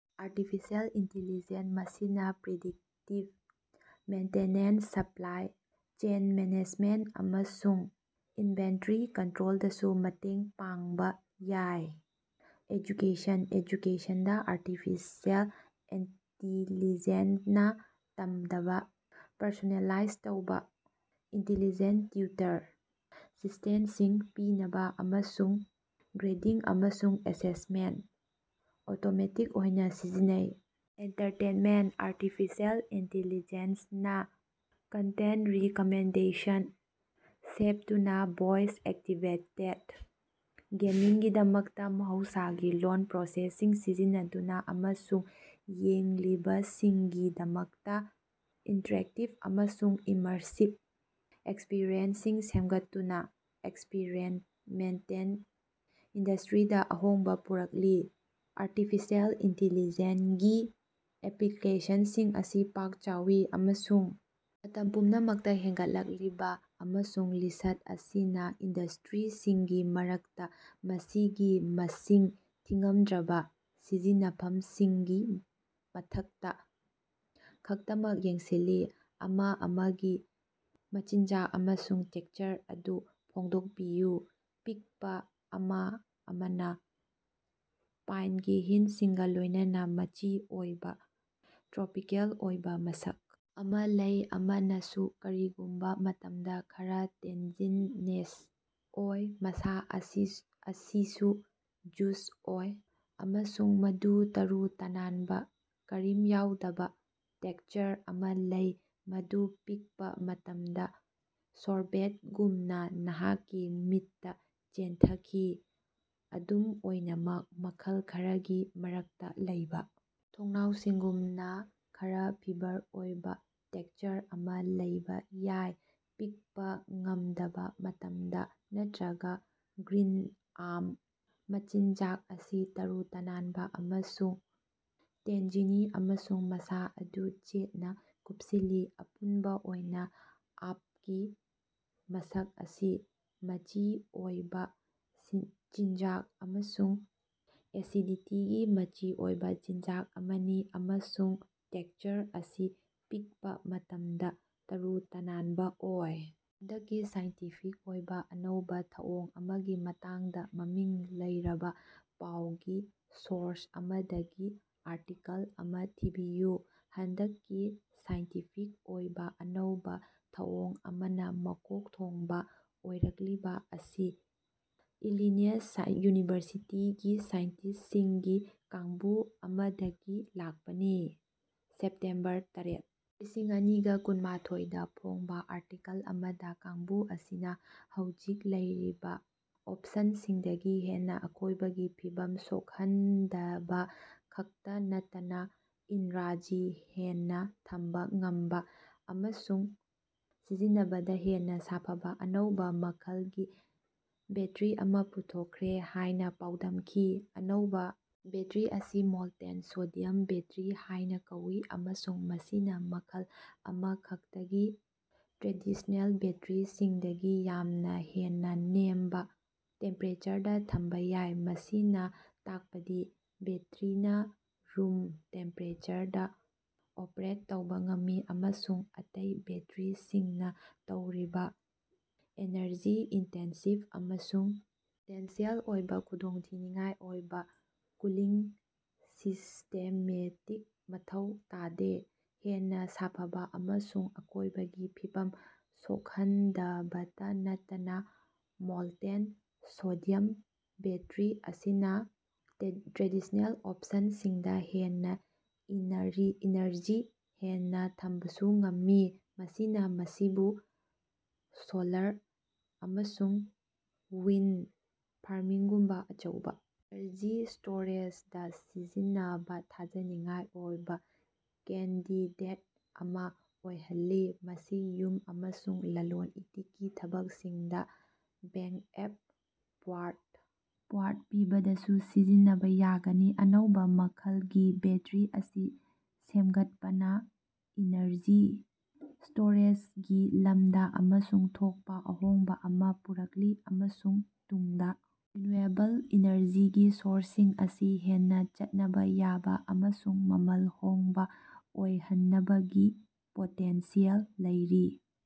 Artificial intelligence ꯃꯁꯤꯅ predictive maintenance, supply chain management ꯑꯃꯁꯨꯡ inventory ꯀꯟꯇ꯭ꯔꯣꯜꯗꯁꯨ ꯃꯇꯦꯡ ꯄꯥꯡꯕ ꯌꯥꯏ꯫ ꯑꯦꯖꯨꯀꯦꯁꯟ: ꯑꯦꯖꯨꯀꯦꯁꯟꯗ ꯑꯥꯔꯇꯤꯐꯤꯁꯤꯑꯦꯜ ꯏꯟꯇꯦꯂꯤꯖꯦꯟꯁ ꯅ ꯇꯝꯕꯗ ꯄꯔꯁꯣꯅꯦꯂꯥꯏꯖ ꯇꯧꯅꯕ, ꯏꯟꯇꯦꯂꯤꯖꯦꯟꯇ ꯇꯤꯎꯇꯔ ꯁꯤꯁꯇꯦꯝꯁꯤꯡ ꯄꯤꯅꯕ ꯑꯃꯁꯨꯡ ꯒ꯭ꯔꯦꯗꯤꯡ ꯑꯃꯁꯨꯡ ꯑꯦꯁꯦꯁꯃꯦꯟꯇ ꯑꯣꯇꯣꯃꯦꯇꯤꯛ ꯑꯣꯏꯅ ꯁꯤꯖꯤꯟꯅꯩ꯫ ꯑꯦꯟꯇꯔꯇꯦꯟꯃꯦꯟꯇ: ꯑꯥꯔꯇꯤꯐꯤꯁꯤꯑꯦꯜ ꯏꯟꯇꯦꯂꯤꯖꯦꯟꯁ ꯅ ꯄꯔꯁꯣꯅꯦꯂꯥꯏꯖ ꯀꯟꯇꯦꯟꯇ ꯔꯤꯀꯃꯦꯟꯗꯦꯁꯟꯁꯤꯡ ꯁꯦꯞꯗꯨꯅ, ꯚꯣꯏꯁ-ꯑꯦꯛꯇꯤꯚꯦꯇꯦꯗ ꯒꯦꯃꯤꯡꯒꯤꯗꯃꯛꯇ ꯃꯍꯧꯁꯥꯒꯤ ꯂꯣꯜ ꯄ꯭ꯔꯣꯁꯦꯁꯤꯡ ꯁꯤꯖꯤꯟꯅꯗꯨꯅ ꯑꯃꯁꯨꯡ ꯌꯦꯡꯂꯤꯕꯁꯤꯡꯒꯤꯗꯃꯛꯇ ꯏꯟꯇꯔꯦꯛꯇꯤꯚ ꯑꯃꯁꯨꯡ ꯏꯃꯔꯁꯤꯚ ꯑꯦꯛꯁꯄꯔꯤꯌꯦꯟꯁꯁꯤꯡ ꯁꯦꯝꯒꯠꯇꯨꯅ ꯑꯦꯟꯇꯔꯇꯦꯟꯃꯦꯟꯇ ꯏꯟꯗꯁꯗ꯭ꯔꯤꯗ ꯑꯍꯣꯡꯕ ꯄꯨꯔꯛꯂꯤ꯫ ꯑꯥꯔꯇꯤꯐꯤꯁꯤꯑꯦꯜ ꯏꯟꯇꯦꯂꯤꯖꯦꯟꯁ ꯒꯤ ꯑꯦꯄ꯭ꯂꯤꯀꯦꯁꯟꯁꯤꯡ ꯑꯁꯤ ꯄꯥꯛ ꯆꯥꯎꯏ ꯑꯃꯁꯨꯡ ꯃꯇꯝ ꯄꯨꯝꯅꯃꯛꯇ ꯍꯦꯟꯒꯠꯂꯛꯂꯤ ꯑꯃꯁꯨꯡ ꯂꯤꯁ꯭ꯠ ꯑꯁꯤꯅ ꯏꯟꯗꯁꯇ꯭ꯔꯤꯁꯤꯡꯒꯤ ꯃꯔꯛꯇ ꯃꯁꯤꯒꯤ ꯃꯁꯤꯡ ꯊꯤꯉꯝꯗ꯭ꯔꯕ ꯁꯤꯖꯤꯟꯅꯐꯝꯁꯤꯡꯒꯤ ꯃꯊꯛꯇ ꯈꯛꯇꯃꯛ ꯌꯦꯡꯁꯤꯜꯂꯤ꯫ ꯑꯥꯝ ꯑꯃꯒꯤ ꯃꯆꯤꯟꯖꯥꯛ ꯑꯃꯁꯨꯡ ꯇꯦꯛꯁꯆꯔ ꯑꯗꯨ ꯐꯣꯡꯗꯣꯛꯄꯤꯌꯨ꯫ ꯄꯤꯛꯄ ꯑꯥꯝ ꯑꯃꯅ ꯄꯥꯏꯟꯒꯤ ꯍꯤꯟꯁꯁꯤꯡꯒ ꯂꯣꯏꯅꯅ ꯃꯆꯤ ꯑꯣꯏꯕ, ꯇ꯭ꯔꯣꯄꯤꯀꯦꯜ ꯑꯣꯏꯕ ꯃꯁꯛ ꯑꯃ ꯂꯩ ꯑꯃꯅꯁꯨ ꯀꯔꯤꯒꯨꯝꯕ ꯃꯇꯝꯗ ꯈꯔ ꯇꯦꯟꯖꯤꯅꯦꯁ ꯑꯣꯏ꯫ ꯃꯁꯥ ꯑꯁꯤ ꯖꯨꯁ ꯑꯣꯏ ꯑꯃꯁꯨꯡ ꯃꯗꯨ ꯇꯔꯨ-ꯇꯅꯥꯟꯕ, ꯀ꯭ꯔꯤꯝ ꯌꯥꯎꯕ ꯇꯦꯛꯁꯆꯔ ꯑꯃ ꯂꯩ, ꯃꯗꯨ ꯄꯤꯛꯄ ꯃꯇꯝꯗ ꯁꯣꯔꯕꯦꯇꯒꯨꯝꯅ ꯅꯍꯥꯛꯀꯤ ꯃꯤꯠꯇ ꯆꯦꯟꯊꯈꯤ꯫ ꯑꯗꯨꯝ ꯑꯣꯏꯅꯃꯛ ꯃꯈꯜ ꯈꯔꯒꯤ ꯃꯔꯛꯇ ꯂꯩꯕ ꯊꯣꯡꯅꯥꯎꯁꯤꯡꯒꯨꯝꯅ ꯈꯔ ꯐꯤꯕꯔ ꯑꯣꯏꯕ ꯇꯦꯛꯁꯆꯔ ꯑꯃ ꯂꯩꯕ ꯌꯥꯏ꯫ ꯄꯤꯛꯄ ꯉꯝꯗꯕ ꯃꯇꯝꯗ, ꯅꯠꯇ꯭ꯔꯒ ꯒ꯭ꯔꯤꯟ ꯑꯥꯝ ꯃꯆꯤꯟꯖꯥꯛ ꯑꯁꯤ ꯇꯔꯨ-ꯇꯅꯥꯟꯕ ꯑꯃꯁꯨꯡ ꯇꯦꯟꯖꯤꯅꯤ ꯑꯃꯁꯨꯡ ꯃꯁꯥ ꯑꯗꯨ ꯆꯦꯠꯅ ꯀꯨꯞꯁꯤꯜꯂꯤ꯫ ꯑꯄꯨꯟꯕ ꯑꯣꯏꯅ ꯑꯥꯞꯒꯤ ꯃꯁꯛ ꯑꯁꯤ ꯃꯆꯤ ꯑꯣꯏꯕ ꯆꯤꯟꯖꯥꯛ ꯑꯃꯁꯨꯡ ꯑꯦꯁꯤꯗꯤꯇꯤꯒꯤ ꯃꯆꯤ ꯑꯣꯏꯕ ꯆꯤꯟꯖꯥꯛ ꯑꯃꯅꯤ ꯑꯃꯁꯨꯡ ꯇꯦꯛꯁꯆꯔ ꯑꯁꯤ ꯄꯤꯛꯄ ꯃꯇꯝꯗ ꯇꯔꯨ ꯇꯅꯥꯟꯕ ꯑꯣꯏ꯫। ꯍꯟꯗꯛꯀꯤ ꯁꯥꯏꯟꯇꯤꯐꯤꯛ ꯑꯣꯏꯕ ꯑꯅꯧꯕ ꯊꯧꯑꯣꯡ ꯑꯃꯒꯤ ꯃꯇꯥꯡꯗ ꯃꯃꯤꯡ ꯂꯩꯔꯕ ꯄꯥꯎꯒꯤ ꯁꯣꯔꯁ ꯑꯃꯗꯒꯤ ꯑꯥꯔꯇꯤꯀꯜ ꯑꯃ ꯊꯤꯕꯤꯌꯨ꯫ ꯍꯟꯗꯛꯀꯤ ꯁꯥꯏꯟꯇꯤꯐꯤꯛ ꯑꯣꯏꯕ ꯑꯅꯧꯕ ꯊꯧꯑꯣꯡ ꯑꯃꯅ ꯃꯀꯣꯛ ꯊꯣꯡꯕ ꯑꯣꯏꯔꯛꯂꯤꯕ ꯑꯁꯤ ꯏꯂꯤꯅꯌꯁ ꯌꯨꯅꯤꯚꯔꯁꯤꯇꯤꯒꯤ ꯁꯥꯏꯟꯇꯤꯁꯁꯤꯡꯒꯤ ꯀꯥꯡꯕꯨ ꯑꯃꯗꯒꯤ ꯂꯥꯛꯄꯅꯤ꯫ ꯁꯦꯞꯇꯦꯝꯕꯔ ꯇꯔꯦꯠ, ꯂꯤꯁꯤꯡ ꯑꯅꯤꯒ ꯀꯨꯟꯃꯥꯊꯣꯏꯗ ꯐꯣꯡꯕ ꯑꯥꯔꯇꯤꯀꯜ ꯑꯃꯗ ꯀꯥꯡꯕꯨ ꯑꯁꯤꯅ ꯍꯧꯖꯤꯛ ꯂꯩꯔꯤꯕ ꯑꯣꯞꯁꯟꯁꯤꯡꯗꯒꯤ ꯍꯦꯟꯅ ꯑꯀꯣꯏꯕꯒꯤ ꯐꯤꯚꯝ ꯁꯣꯛꯍꯟꯗꯕ ꯈꯛꯇ ꯅꯠꯇꯅ ꯏꯅꯔꯖꯤ ꯍꯦꯟꯅ ꯊꯝꯕ ꯉꯝꯕ ꯑꯃꯁꯨꯡ ꯁꯤꯖꯤꯟꯅꯕꯗ ꯍꯦꯟꯅ ꯁꯥꯐꯕ ꯑꯅꯧꯕ ꯃꯈꯜꯒꯤ ꯕꯦꯠꯇꯔꯤ ꯑꯃ ꯄꯨꯊꯣꯛꯈ꯭ꯔꯦ ꯍꯥꯏꯅ ꯄꯥꯎꯗꯝꯈꯤ꯫ ꯑꯅꯧꯕ ꯕꯦꯠꯇꯔꯤ ꯑꯁꯤ "ꯃꯣꯜꯇꯦꯟ ꯁꯣꯗꯤꯌꯝ ꯕꯦꯠꯇꯔꯤ" ꯍꯥꯏꯅ ꯀꯧꯏ, ꯑꯃꯁꯨꯡ ꯃꯁꯤꯅ ꯃꯈꯜ ꯑꯃꯈꯛꯇꯒꯤ ꯇ꯭ꯔꯦꯗꯤꯁ꯭ꯅꯦꯜ ꯕꯦꯠꯇꯔꯤꯁꯤꯡꯗꯒꯤ ꯌꯥꯝꯅ ꯍꯦꯟꯅ ꯅꯦꯝꯕ ꯇꯦꯝꯄꯦꯔꯦꯆꯔꯗ ꯊꯕꯛ ꯇꯧꯏ꯫ ꯃꯁꯤꯅ ꯇꯥꯛꯄꯗꯤ ꯕꯦꯠꯇꯔꯤꯅ ꯔꯨꯝ ꯇꯦꯝꯄꯦꯔꯦꯆꯔꯗ ꯑꯣꯄꯔꯦꯠ ꯇꯧꯕ ꯉꯝꯃꯤ ꯑꯃꯁꯨꯡ ꯑꯇꯩ ꯕꯦꯠꯇꯔꯤꯁꯤꯡꯅ ꯇꯧꯔꯤꯕ ꯑꯦꯅꯔꯖꯤ-ꯏꯟꯇꯦꯟꯁꯤꯚ ꯑꯃꯁꯨꯡ ꯄꯣꯇꯦꯟꯁꯤꯑꯦꯜ ꯑꯣꯏꯕ ꯈꯨꯗꯣꯡꯊꯤꯅꯤꯉꯥꯏ ꯑꯣꯏꯕ ꯀꯨꯂꯤꯡ ꯁꯤꯁꯇꯦꯝꯁꯤꯡꯒꯤ ꯃꯊꯧ ꯇꯥꯗꯦ꯫ ꯍꯦꯟꯅ ꯁꯥꯐꯕ ꯑꯃꯁꯨꯡ ꯑꯀꯣꯏꯕꯒꯤ ꯐꯤꯕꯝ ꯁꯣꯛꯍꯟꯗꯕꯇ ꯅꯠꯇꯅ ꯃꯣꯜꯇꯦꯟ ꯁꯣꯗꯤꯌꯝ ꯕꯦꯠꯇꯔꯤ ꯑꯁꯤꯅ ꯇ꯭ꯔꯦꯗꯤꯁ꯭ꯅꯦꯜ ꯑꯣꯞꯁꯟꯁꯤꯡꯗꯒꯤ ꯍꯦꯟꯅ ꯏꯅꯔꯖꯤ ꯍꯦꯟꯅ ꯊꯝꯕꯁꯨ ꯉꯝꯃꯤ꯫ ꯃꯁꯤꯅ ꯃꯁꯤꯕꯨ ꯁꯣꯂꯥꯔ ꯑꯃꯁꯨꯡ ꯋꯤꯟꯗ ꯐꯥꯔꯃꯤꯡꯒꯨꯝꯕ ꯑꯆꯧꯕ ꯏꯅꯔꯖꯤ ꯁ꯭ꯇꯣꯔꯦꯖꯗ ꯁꯤꯖꯤꯟꯅꯅꯕ ꯊꯥꯖꯅꯤꯡꯉꯥꯏ ꯑꯣꯏꯕ ꯀꯦꯟꯗꯤꯗꯦꯠ ꯑꯃ ꯑꯣꯏꯍꯜꯂꯤ꯫ ꯃꯁꯤ ꯌꯨꯝ ꯑꯃꯁꯨꯡ ꯂꯂꯣꯟ-ꯏꯇꯤꯛꯀꯤ ꯊꯕꯛꯁꯤꯡꯗ ꯕꯦꯛꯑꯞ ꯄꯥꯋꯔ ꯄꯤꯕꯗꯁꯨ ꯁꯤꯖꯤꯟꯅꯕ ꯌꯥꯒꯅꯤ꯫ ꯑꯅꯧꯕ ꯃꯈꯜꯒꯤ ꯕꯦꯠꯇꯔꯤ ꯑꯁꯤ ꯁꯦꯝꯒꯠꯄꯅ ꯏꯅꯔꯖꯤ ꯁ꯭ꯇꯣꯔꯦꯖꯒꯤ ꯂꯝꯗ ꯃꯁꯛ ꯊꯣꯛꯄ ꯑꯍꯣꯡꯕ ꯑꯃ ꯄꯨꯔꯛꯂꯤ ꯑꯃꯁꯨꯡ ꯇꯨꯡꯗ ꯔꯤꯟꯌꯨꯑꯦꯕꯜ ꯏꯅꯔꯖꯤꯒꯤ ꯁꯣꯔꯁꯁꯤꯡ ꯑꯁꯤ ꯍꯦꯟꯅ ꯆꯠꯅꯕ ꯌꯥꯕ ꯑꯃꯁꯨꯡ ꯃꯃꯜ ꯍꯣꯡꯕ ꯑꯣꯏꯍꯟꯕꯒꯤ ꯄꯣꯇꯦꯟꯁꯤꯌꯦꯜ ꯂꯩꯔꯤ꯫